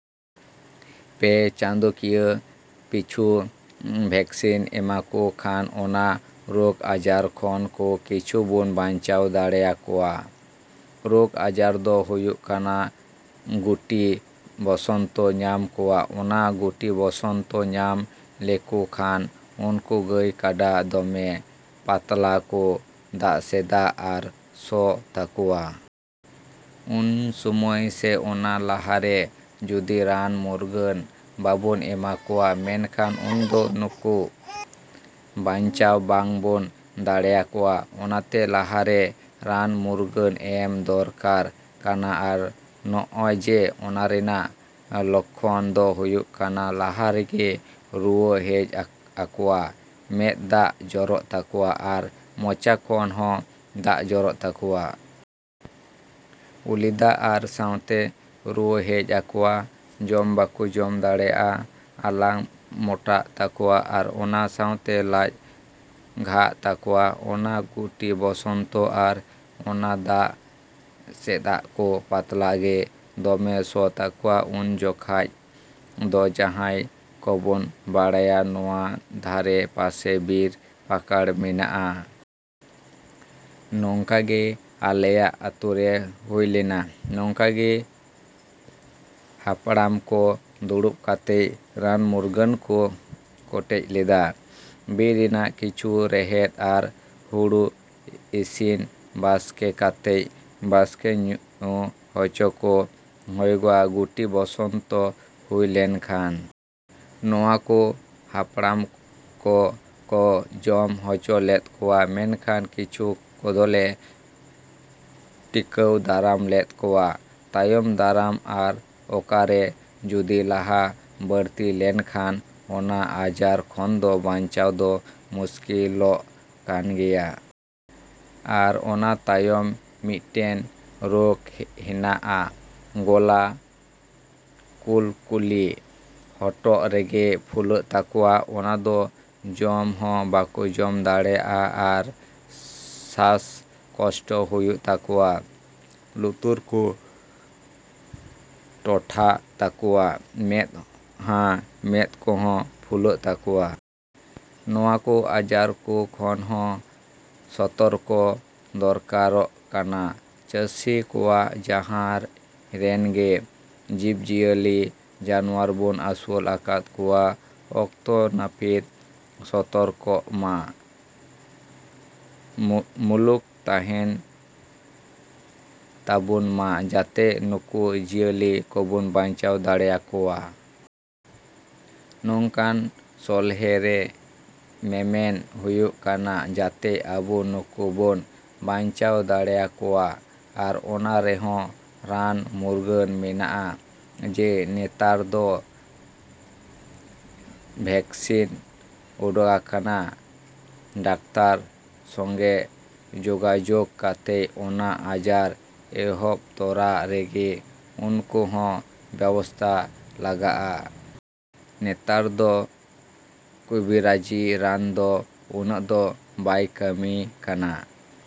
ᱯᱮ ᱪᱟᱸᱫᱳᱠᱤᱭᱟᱹ ᱯᱤᱪᱷᱩ ᱵᱷᱮᱠᱥᱤᱱ ᱮᱢᱟᱠᱚ ᱠᱷᱟᱱ ᱚᱱᱟ ᱨᱳᱜᱽ ᱟᱡᱟᱨ ᱠᱷᱚᱱ ᱠᱚ ᱠᱤᱪᱷᱩ ᱵᱚᱱ ᱵᱟᱧᱪᱟᱣ ᱫᱟᱲᱮᱭᱟᱠᱚᱭᱟ᱾ ᱨᱳᱜᱽ ᱟᱡᱟᱨ ᱫᱚ ᱦᱩᱭᱩᱜ ᱠᱟᱱᱟ ᱜᱩᱴᱤ ᱵᱚᱥᱚᱱᱛᱚ ᱧᱟᱢ ᱠᱚᱣᱟ᱾ ᱚᱱᱟ ᱜᱩᱴᱤ ᱵᱚᱥᱚᱱᱛᱚ ᱧᱟᱢ ᱞᱮᱠᱚ ᱠᱷᱟᱱ, ᱱᱩᱠᱩ ᱜᱟᱹᱭ, ᱠᱟᱰᱟ ᱫᱚᱢᱮ ᱯᱟᱛᱞᱟ ᱠᱚ ᱫᱟᱜᱥᱮᱫᱟ ᱟᱨ ᱥᱚ ᱛᱟᱠᱚᱣᱟ᱾ ᱩᱱ ᱥᱚᱢᱚᱭ ᱥᱮ, ᱚᱱᱟ ᱞᱟᱦᱟ ᱨᱮ ᱡᱩᱫᱤ ᱨᱟᱱᱼᱢᱩᱨᱜᱟᱹᱱ ᱵᱟᱵᱚᱱ ᱮᱢᱟ ᱠᱚᱣᱟ ᱢᱮᱱᱠᱷᱟᱱ ᱩᱱ ᱫᱚ ᱱᱩᱠᱩ ᱵᱟᱧᱪᱟᱣ ᱵᱟᱝ ᱵᱚᱱ ᱫᱟᱲᱮᱭᱟᱠᱚᱭᱟ᱾ᱚᱱᱟᱛᱮ ᱞᱟᱦᱟ ᱨᱮ ᱨᱟᱱᱼᱢᱩᱨᱜᱟᱹᱱ ᱮᱢ ᱫᱚᱨᱠᱟᱨ ᱠᱟᱱᱟ᱾ ᱟᱨ ᱱᱚᱜᱼᱚᱭ ᱡᱮ ᱚᱱᱟ ᱨᱮᱱᱟᱜ ᱞᱳᱠᱠᱷᱚᱱ ᱫᱚ ᱦᱩᱭᱩᱜ ᱠᱟᱱᱟ ᱞᱟᱦᱟ ᱨᱮᱜᱮ ᱨᱩᱣᱟᱹ ᱦᱮᱡ ᱟᱠᱚᱣᱟ, ᱢᱮᱸᱫ ᱫᱟᱜ ᱡᱚᱨᱚᱜ ᱛᱟᱠᱚᱣᱟ, ᱟᱨ ᱢᱚᱪᱟ ᱠᱷᱚᱱ ᱦᱚᱸ ᱫᱟᱜ ᱡᱚᱨᱚᱜ ᱛᱟᱠᱚᱣᱟ᱾ ᱩᱞᱤᱫᱟᱜ ᱟᱨ ᱥᱟᱸᱶᱛᱮ ᱨᱩᱣᱟᱹ ᱦᱮᱡ ᱟᱠᱚᱣᱟ᱾ ᱡᱚᱢ ᱵᱟᱠᱚ ᱡᱚᱢ ᱫᱟᱲᱮᱭᱟᱜᱼᱟ, ᱟᱞᱟᱝ ᱢᱚᱴᱟᱜ ᱛᱟᱠᱚᱣᱟ ᱟᱨ ᱚᱱᱟ ᱥᱟᱶᱛᱮ ᱞᱟᱡ ᱜᱷᱟᱜ ᱛᱟᱠᱚᱣᱟ᱾ ᱚᱱᱟ ᱜᱩᱴᱤ ᱵᱚᱥᱚᱱᱛᱚ ᱟᱨ ᱚᱱᱟ ᱫᱟᱜ ᱥᱮᱫᱽᱟᱠᱚ ᱯᱟᱛᱞᱟ ᱜᱮ ᱫᱚᱢᱮ ᱥᱚ ᱛᱟᱠᱚᱣᱟ᱾ ᱩᱱ ᱡᱚᱠᱷᱟᱡ ᱫᱚ ,ᱡᱟᱦᱟᱸᱭ ᱠᱚᱵᱚᱱ ᱵᱟᱲᱟᱭᱟ ᱱᱚᱣᱟ ᱫᱷᱟᱨᱮ ᱯᱟᱥᱮ ᱵᱤᱨ ᱯᱟᱠᱟᱲ ᱢᱮᱱᱟᱜᱼᱟ᱾ ᱱᱚᱝᱠᱟ ᱜᱮ ᱟᱞᱮᱭᱟᱜ ᱟᱹᱛᱩ ᱨᱮ ᱦᱩᱭ ᱞᱮᱱᱟ᱾ ᱱᱚᱝᱠᱟ ᱜᱮ ᱦᱟᱯᱲᱟᱢ ᱠᱚ ᱫᱩᱲᱩᱵ ᱠᱟᱛᱮ ᱨᱟᱱᱼᱢᱩᱨᱜᱟᱹᱱ ᱠᱚ ᱠᱚᱴᱮᱡ ᱞᱮᱫᱟ᱾ ᱵᱤᱨ ᱨᱮᱱᱟᱜ ᱠᱤᱪᱷᱩ ᱨᱮᱦᱮᱫᱽ ᱟᱨ ᱦᱩᱲᱩ ᱤᱥᱤᱱ ᱵᱟᱥᱠᱮ ᱠᱟᱛᱮ, ᱵᱟᱥᱠᱮ ᱧᱩ ᱦᱚᱪᱚ ᱠᱚ ᱦᱩᱭᱩᱜᱼᱟ, ᱜᱩᱴᱤ ᱵᱚᱥᱚᱱᱛᱚ ᱦᱩᱭ ᱞᱮᱱᱠᱷᱟᱱ᱾ ᱱᱚᱣᱟ ᱠᱚ ᱦᱟᱯᱲᱟᱢ ᱠᱚ ᱠᱚ ᱡᱚᱢ ᱦᱚᱪᱚ ᱞᱮᱫ ᱠᱟᱣᱟ᱾ ᱢᱮᱱᱠᱷᱟᱱ ᱠᱤᱪᱷᱩ ᱠᱚᱫᱚᱞᱮ ᱴᱤᱠᱟᱹᱣ ᱫᱟᱨᱟᱢ ᱞᱮᱫ ᱠᱚᱣᱟ ᱛᱟᱭᱚᱢ ᱫᱟᱨᱟᱢ᱾ ᱟᱨ ᱟᱠᱟᱨᱮ ᱡᱩᱫᱤ ᱞᱟᱦᱟ ᱵᱟᱹᱲᱛᱤ ᱞᱮᱱᱠᱷᱟᱱ ᱚᱱᱟ ᱟᱡᱟᱨ ᱠᱷᱚᱱ ᱫᱚ ᱵᱟᱧᱪᱟᱜ ᱫᱚ ᱢᱩᱥᱠᱤᱞ ᱞᱚᱜ ᱠᱟᱱ ᱜᱮᱭᱟ᱾ ᱟᱨ ᱚᱱᱟ ᱛᱟᱭᱚᱢ ᱢᱤᱫᱴᱮᱱ ᱨᱳᱜᱽ ᱦᱮᱱᱟᱜᱼᱟ ᱜᱚᱞᱟ ᱠᱩᱴᱠᱩᱞᱤ᱾ ᱦᱚᱴᱚᱜ ᱨᱮᱜᱮ ᱯᱷᱩᱞᱟᱹᱜ ᱛᱟᱠᱚᱣᱟ᱾ ᱚᱱᱟ ᱫᱚ ᱡᱚᱢ ᱦᱚᱸ ᱵᱟᱠᱚ ᱡᱚᱢ ᱫᱟᱲᱮᱭᱟᱜᱼᱟ ᱟᱨ ᱥᱟᱥ ᱠᱚᱥᱴᱚ ᱦᱩᱭᱩᱜ ᱛᱟᱠᱚᱣᱟ᱾ ᱞᱩᱛᱩᱨ ᱠᱚ ᱴᱚᱴᱷᱟ ᱛᱟᱠᱚᱭᱟ ᱢᱮᱸᱫᱼᱦᱟᱸ, ᱢᱮᱸᱫ ᱠᱚᱦᱚᱸ ᱯᱷᱩᱞᱟᱹᱜ ᱛᱟᱠᱚᱣᱟ᱾ ᱱᱚᱣᱟ ᱠᱚ ᱟᱡᱟᱨ ᱠᱚ ᱠᱷᱚᱱ ᱦᱚᱸ ᱥᱚᱛᱚᱨᱠᱚ ᱫᱚᱨᱠᱟᱨᱚᱜ ᱠᱟᱱᱟ ᱪᱟᱹᱥᱤ ᱠᱚᱣᱟᱜ᱾ ᱡᱟᱦᱟᱸᱭ ᱨᱮᱱ ᱜᱮ ᱡᱤᱵᱽᱼᱡᱤᱭᱟᱹᱞᱤ ᱡᱟᱱᱣᱟᱨ ᱵᱚᱱ ᱟᱹᱥᱩᱞ ᱟᱠᱟᱫ ᱠᱚᱣᱟ ᱚᱠᱛᱚ ᱱᱟᱹᱯᱤᱛ ᱥᱚᱛᱚᱨᱠᱚᱛᱟ ᱢᱩᱞᱚᱠ ᱛᱟᱦᱮᱱ ᱛᱟᱵᱚᱱ ᱢᱟ, ᱡᱟᱛᱮ ᱱᱩᱠᱩ ᱡᱤᱭᱟᱹᱞᱤ ᱠᱚᱵᱚᱱ ᱵᱟᱧᱪᱟᱣ ᱫᱟᱲᱮᱭᱟᱠᱚᱣᱟ᱾ ᱱᱚᱝᱠᱟᱱ ᱥᱚᱞᱦᱮ ᱨᱮ ᱢᱮᱢᱮᱱ ᱦᱩᱭᱩᱜ ᱠᱟᱱᱟ, ᱡᱟᱛᱮ ᱟᱵᱚ ᱱᱩᱠᱩ ᱵᱚᱱ ᱵᱟᱧᱪᱟᱣ ᱫᱟᱲᱮᱭᱟᱠᱚᱣᱟ᱾ ᱟᱨ ᱚᱱᱟ ᱨᱮᱦᱚᱸ ᱨᱟᱱ ᱢᱩᱨᱜᱟᱹᱱ ᱢᱮᱱᱟᱜᱼᱟ, ᱡᱮ ᱱᱮᱛᱟᱨ ᱫᱚ ᱵᱷᱮᱠᱥᱤᱱ ᱩᱰᱩᱠᱟᱠᱟᱱᱟ, ᱰᱟᱠᱛᱟᱨ ᱥᱚᱸᱜᱮ ᱡᱳᱜᱟᱡᱳᱜᱽ ᱠᱟᱛᱮ ᱚᱱᱟ ᱟᱡᱟᱨ ᱮᱦᱚᱵ ᱛᱚᱨᱟ ᱨᱮᱜᱮ ᱩᱱᱠᱩ ᱦᱚᱸ ᱵᱮᱵᱚᱥᱛᱟ ᱞᱟᱜᱟᱜᱼᱟ᱾ ᱱᱮᱛᱟᱨ ᱫᱚ ᱠᱩᱵᱤᱨᱟᱹᱡᱤ ᱨᱟᱱ ᱫᱚ ᱩᱱᱟᱹᱜ ᱫᱚ ᱵᱟᱭ ᱠᱟᱹᱢᱤ ᱠᱟᱱᱟ ᱾